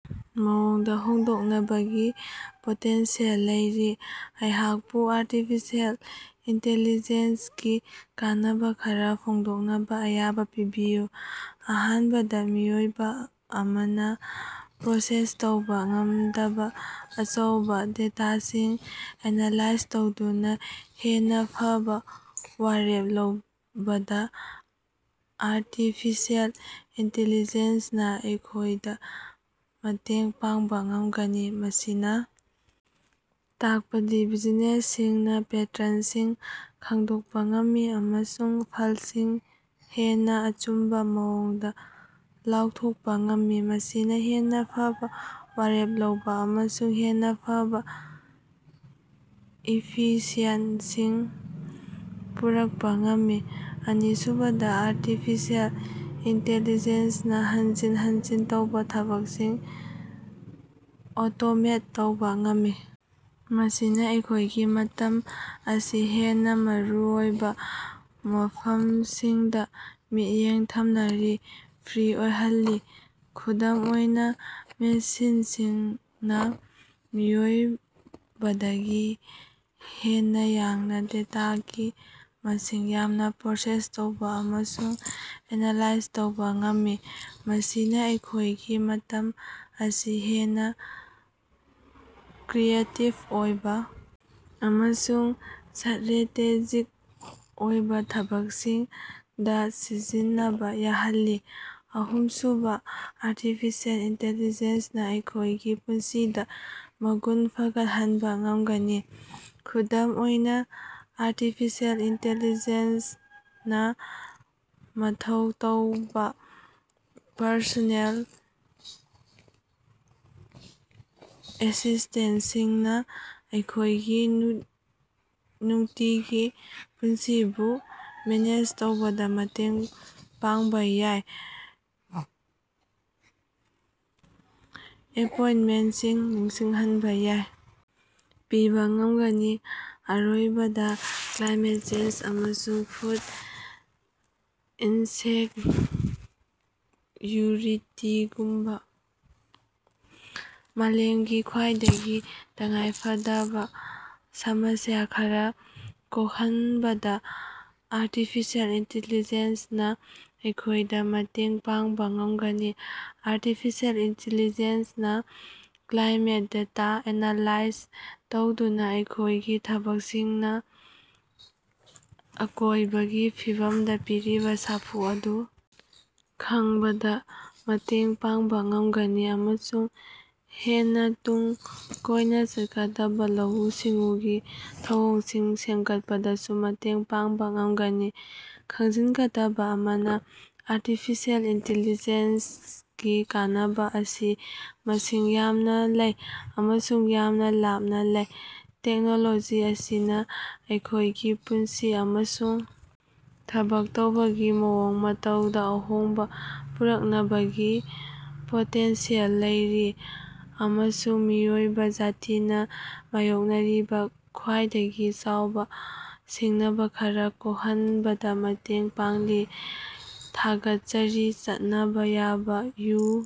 ꯃꯑꯣꯡꯗ ꯍꯣꯡꯗꯣꯛꯅꯕꯒꯤ ꯄꯣꯇꯦꯟꯁꯤꯌꯦꯜ ꯂꯩꯔꯤ꯫ ꯑꯩꯍꯥꯛꯄꯨ ꯑꯥꯔꯇꯤꯐꯤꯁꯤꯑꯦꯜ ꯏꯟꯇꯤꯂꯤꯖꯦꯟꯁꯒꯤ ꯀꯥꯟꯅꯕ ꯈꯔ ꯐꯣꯡꯗꯣꯛꯅꯕ ꯑꯌꯥꯕ ꯄꯤꯕꯤꯌꯨ꯫ ꯑꯍꯥꯟꯕꯗ, ꯃꯤꯑꯣꯏ ꯑꯃꯅ ꯄ꯭ꯔꯣꯁꯦꯁ ꯇꯧꯕ ꯉꯝꯗꯕ ꯑꯆꯧꯕ ꯗꯦꯇꯥꯁꯤꯡ ꯑꯦꯅꯥꯂꯥꯏꯖ ꯇꯧꯗꯨꯅ ꯍꯦꯟꯅ ꯐꯕ ꯋꯥꯔꯦꯞ ꯂꯧꯕꯗ ꯑꯥꯔꯇꯤꯐꯤꯁꯤꯑꯦꯜ ꯏꯟꯇꯤꯂꯤꯖꯦꯟꯁꯅꯥ ꯑꯩꯈꯣꯌꯗ ꯃꯇꯦꯡ ꯄꯥꯡꯕ ꯉꯝꯒꯅꯤ꯫ ꯃꯁꯤꯅ ꯇꯥꯛꯄꯗꯤ ꯕꯤꯖꯤꯅꯦꯁꯁꯤꯡꯅ ꯄꯦꯇꯔꯟꯁꯤꯡ ꯈꯪꯗꯣꯛꯄ ꯉꯝꯃꯤ ꯑꯃꯁꯨꯡ ꯐꯜꯁꯤꯡ ꯍꯦꯟꯅ ꯑꯆꯨꯝꯕ ꯃꯑꯣꯡꯗ ꯂꯥꯎꯊꯣꯛꯄ ꯉꯝꯃꯤ, ꯃꯁꯤꯅ ꯍꯦꯟꯅ ꯐꯕ ꯋꯥꯔꯦꯞ ꯂꯧꯕ ꯑꯃꯁꯨꯡ ꯍꯦꯟꯅ ꯐꯕ ꯏꯐꯤꯁꯤꯑꯦꯟꯁꯤ ꯄꯨꯔꯛꯄ ꯉꯝꯃꯤ꯫ ꯑꯅꯤꯁꯨꯕꯗꯥ, ꯑꯥꯔꯇꯤꯐꯤꯁꯤꯑꯦꯜ ꯏꯟꯇꯤꯂꯤꯖꯦꯟꯁꯅꯥ ꯍꯟꯖꯤꯟ ꯍꯟꯖꯤꯟ ꯇꯧꯕ ꯊꯕꯛꯁꯤꯡ ꯑꯣꯇꯣꯃꯦꯠ ꯇꯧꯕ ꯉꯝꯃꯤ, ꯃꯁꯤꯅ ꯑꯩꯈꯣꯌꯒꯤ ꯃꯇꯝ ꯑꯁꯤ ꯍꯦꯟꯅ ꯃꯔꯨꯑꯣꯏꯕ ꯋꯥꯐꯝꯁꯤꯡꯗ ꯃꯤꯠꯌꯦꯡ ꯊꯝꯅꯕ ꯐ꯭ꯔꯤ ꯑꯣꯏꯍꯜꯂꯤ꯫ ꯈꯨꯗꯝ ꯑꯣꯏꯅ, ꯃꯦꯆꯤꯟꯁꯤꯡꯅ ꯃꯤꯑꯣꯏꯕꯗꯒꯤ ꯍꯦꯟꯅ ꯌꯥꯡꯅ ꯗꯦꯇꯥꯒꯤ ꯃꯁꯤꯡ ꯌꯥꯝꯅ ꯄ꯭ꯔꯣꯁꯦꯁ ꯇꯧꯕ ꯑꯃꯁꯨꯡ ꯑꯦꯅꯥꯂꯥꯏꯖ ꯇꯧꯕ ꯉꯝꯃꯤ, ꯃꯁꯤꯅ ꯑꯩꯈꯣꯌꯒꯤ ꯃꯇꯝ ꯑꯁꯤ ꯍꯦꯟꯅ ꯀ꯭ꯔꯤꯌꯦꯇꯤꯕ ꯑꯣꯏꯕ ꯑꯃꯁꯨꯡ ꯁ꯭ꯇꯔꯦꯇꯦꯖꯤꯛ ꯑꯣꯏꯕ ꯊꯕꯛꯁꯤꯡꯗ ꯁꯤꯖꯤꯟꯅꯕ ꯌꯥꯍꯜꯂꯤ꯫ ꯑꯍꯨꯝꯁꯨꯕ, ꯑꯥꯔꯇꯤꯐꯤꯁꯤꯑꯦꯜ ꯏꯟꯇꯤꯂꯤꯖꯦꯟꯁꯅꯥ ꯑꯩꯈꯣꯌꯒꯤ ꯄꯨꯟꯁꯤꯒꯤ ꯃꯒꯨꯟ ꯐꯒꯠꯍꯟꯕ ꯉꯝꯒꯅꯤ꯫ ꯈꯨꯗꯝ ꯑꯣꯏꯅ, ꯑꯥꯔꯇꯤꯐꯤꯁꯤꯑꯦꯜ ꯏꯟꯇꯤꯂꯤꯖꯦꯟꯁꯅꯥ ꯃꯊꯧ ꯇꯧꯕ ꯄꯔꯁꯣꯅꯦꯜ ꯑꯦꯁꯤꯁ꯭ꯇꯦꯟꯇꯁꯤꯡꯅ ꯑꯩꯈꯣꯌꯒꯤ ꯅꯨꯡꯇꯤꯒꯤ ꯄꯨꯟꯁꯤꯕꯨ ꯃꯦꯅꯦꯖ ꯇꯧꯕꯗ ꯃꯇꯦꯡ ꯄꯥꯡꯕ ꯌꯥꯏ, ꯑꯦꯄꯣꯏꯟꯇꯃꯦꯟꯇꯁꯤꯡ ꯅꯤꯡꯁꯤꯡꯍꯟꯕ ꯌꯥꯏ, ꯄꯤꯕ ꯉꯝꯒꯅꯤ꯫ ꯑꯔꯣꯏꯕꯗ, ꯀ꯭ꯂꯥꯏꯃꯦꯠ ꯆꯦꯟꯖ ꯑꯃꯁꯨꯡ ꯐꯨꯗ ꯏꯟꯁꯦꯛꯌꯨꯔꯤꯇꯤꯒꯨꯝꯕ ꯃꯥꯂꯦꯝꯒꯤ ꯈ꯭ꯋꯥꯏꯗꯒꯤ ꯇꯉꯥꯏꯐꯗꯕ ꯁꯃꯁ꯭ꯌ ꯈꯔ ꯀꯣꯛꯍꯟꯕꯗ ꯑꯥꯔꯇꯤꯐꯤꯁꯤꯑꯦꯜ ꯏꯟꯇꯤꯂꯤꯖꯦꯟꯁꯅꯥ ꯑꯩꯈꯣꯌꯗ ꯃꯇꯦꯡ ꯄꯥꯡꯕ ꯉꯝꯒꯅꯤ꯫ ꯑꯥꯔꯇꯤꯐꯤꯁꯤꯑꯦꯜ ꯏꯟꯇꯤꯂꯤꯖꯦꯟꯁꯅꯥ ꯀ꯭ꯂꯥꯏꯃꯦꯠ ꯗꯦꯇꯥ ꯑꯦꯅꯥꯂꯥꯏꯖ ꯇꯧꯗꯨꯅ ꯑꯩꯈꯣꯌꯒꯤ ꯊꯕꯛꯁꯤꯡꯅ ꯑꯀꯣꯌꯕꯒꯤ ꯐꯤꯕꯝꯗ ꯄꯤꯔꯤꯕ ꯁꯥꯐꯨ ꯑꯗꯨ ꯈꯪꯕꯗ ꯃꯇꯦꯡ ꯄꯥꯡꯕ ꯉꯝꯒꯅꯤ, ꯑꯃꯁꯨꯡ ꯍꯦꯟꯅ ꯇꯨꯡ ꯀꯣꯏꯅ ꯆꯠꯀꯗꯕ ꯂꯧꯎ-ꯁꯤꯡꯎꯒꯤ ꯊꯧꯑꯣꯡꯁꯤꯡ ꯁꯦꯝꯒꯠꯄꯗꯁꯨ ꯃꯇꯦꯡ ꯄꯥꯡꯕ ꯉꯝꯒꯅꯤ꯫ ꯈꯪꯖꯤꯟꯒꯗꯕ ꯑꯃꯅ, ꯑꯥꯔꯇꯤꯐꯤꯁꯤꯑꯦꯜ ꯏꯟꯇꯤꯂꯤꯖꯦꯟꯁꯒꯤ ꯀꯥꯟꯅꯕ ꯑꯁꯤ ꯃꯁꯤꯡ ꯌꯥꯝꯅ ꯂꯩ ꯑꯃꯁꯨꯡ ꯌꯥꯝꯅ ꯂꯥꯞꯅ ꯂꯩ꯫ ꯇꯦꯛꯅꯣꯂꯣꯖꯤ ꯑꯁꯤꯅ ꯑꯩꯈꯣꯌꯒꯤ ꯄꯨꯟꯁꯤ ꯑꯃꯁꯨꯡ ꯊꯕꯛ ꯇꯧꯕꯒꯤ ꯃꯑꯣꯡ ꯃꯇꯧꯗ ꯑꯍꯣꯡꯕ ꯄꯨꯔꯛꯅꯕꯒꯤ ꯄꯣꯇꯦꯟꯁꯤꯌꯦꯜ ꯂꯩꯔꯤ, ꯑꯃꯁꯨꯡ ꯃꯤꯑꯣꯏꯕ ꯖꯥꯇꯤꯅ ꯃꯥꯌꯣꯛꯅꯔꯤꯕ ꯈ꯭ꯋꯥꯏꯗꯒꯤ ꯆꯥꯎꯕ ꯁꯤꯡꯅꯕ ꯈꯔ ꯀꯣꯜꯍꯟꯕꯗ ꯃꯇꯦꯡ ꯄꯥꯡꯂꯤ꯫ ꯊꯥꯒꯠꯆꯔꯤ ꯆꯠꯅꯕ ꯌꯥꯕ ꯌꯨ